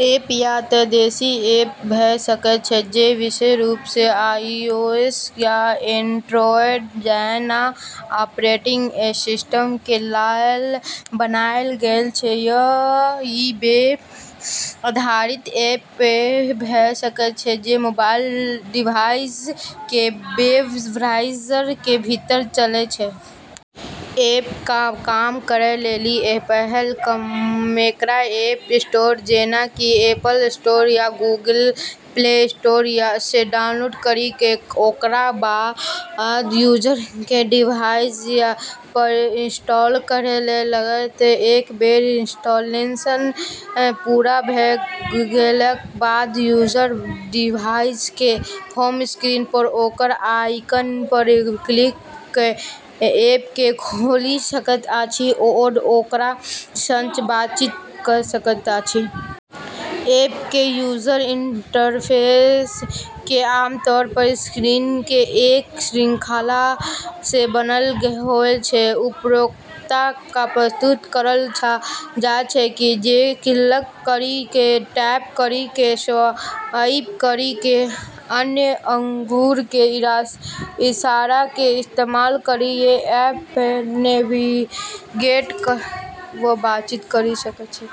App या त देशी ऐप भ सकय छै, जे विशेष रूप सं आईओएस या एंड्रॉयड जैना ऑपरेटिंग सिस्टम के लेल बनायल गेल छै, या इ वेब आधारित ऐप भ सकय छै, जे मोबाइल डिवाइस के वेब ब्राउज़र के भीतर चलै छै। ऐप क काम करै लेली पहल एकरा ऐप स्टोर, जेना कि एप्पल स्टोर या गूगल प्ले स्टोर स डाउनलोड करी क ओकरा बाद यूजर के डिवाइस प इंस्टॉल करै ल पड़तै। एक बेर इंस्टॉलेशन पूरा भ गेलाक बाद यूजर डिवाइस के होम स्क्रीन पर ओकर आइकन पर क्लिक क ऐप के खोलि सकैत अछि आओर ओकरा सं बातचीत क सकैत अछि। ऐप के यूजर इंटरफेस, जे आमतौर प स्क्रीन के एक श्रृंखला स बनल होय छै, उपयोगकर्ता क प्रस्तुत करल जाय छै, जे क्लिक करी क, टैप करी क, स्वाइप करी क या अन्य आँगुर के इशारा के इस्तेमाल करी क ऐप प नेविगेट करी क बातचीत करी सकै छै।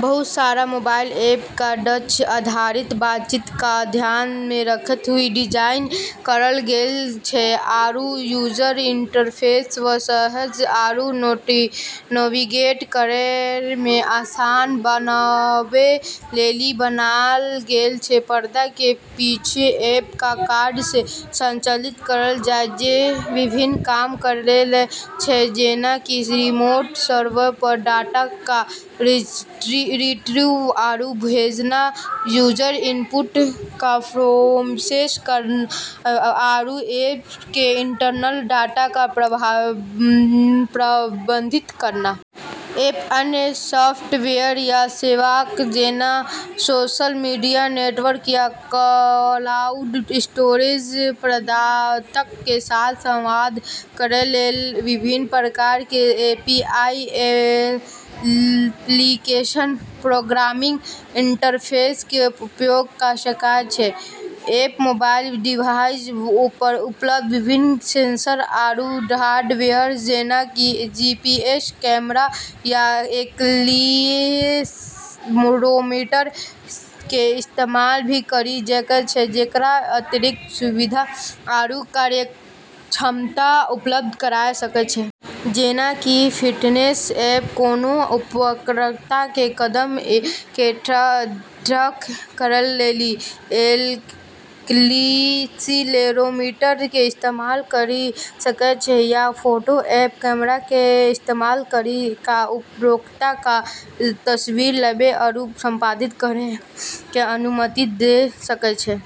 बहुत सारा मोबाइल ऐप क टच आधारित बातचीत क ध्यान मे रखतें हुअ डिजाइन करल गेल छै, आरू यूजर इंटरफेस क सहज आरू नेविगेट करै मे आसान बनाबै लेली बनाल गेल छै। पर्दा के पीछू ऐप क कोड स संचालित करल जाय छै जे विभिन्न काम करै छै, जेना कि रिमोट सर्वर प डाटा क रिट्रीव आरू भेजना, यूजर इनपुट क प्रोसेस करना, आरू ऐप के इंटरनल डाटा क प्रबंधित करना। ऐप अन्य सॉफ्टवेयर या सेवाक, जेना सोशल मीडिया नेटवर्क या क्लाउड स्टोरेज प्रदाताक के साथ संवाद करय के लेल विभिन्न प्रकार के एपीआई (एप्लीकेशन प्रोग्रामिंग इंटरफेस) के उपयोग क सकय छै। ऐप मोबाइल डिवाइस प उपलब्ध विभिन्न सेंसर आरू हार्डवेयर, जेना कि जीपीएस, कैमरा, या एक्सीलेरोमीटर के इस्तेमाल भी करी सकै छै, जेकरा स अतिरिक्त सुविधा आरू कार्यक्षमता उपलब्ध कराय सकै छै। जेना कि फिटनेस ऐप कोनों उपयोगकर्ता के कदम क ट्रैक करै लेली एक्सीलेरोमीटर के इस्तेमाल करी सकै छै, या फोटो ऐप कैमरा के इस्तेमाल करी क उपयोगकर्ता क तस्वीर लेबै आरू संपादित करै के अनुमति द सकै छै।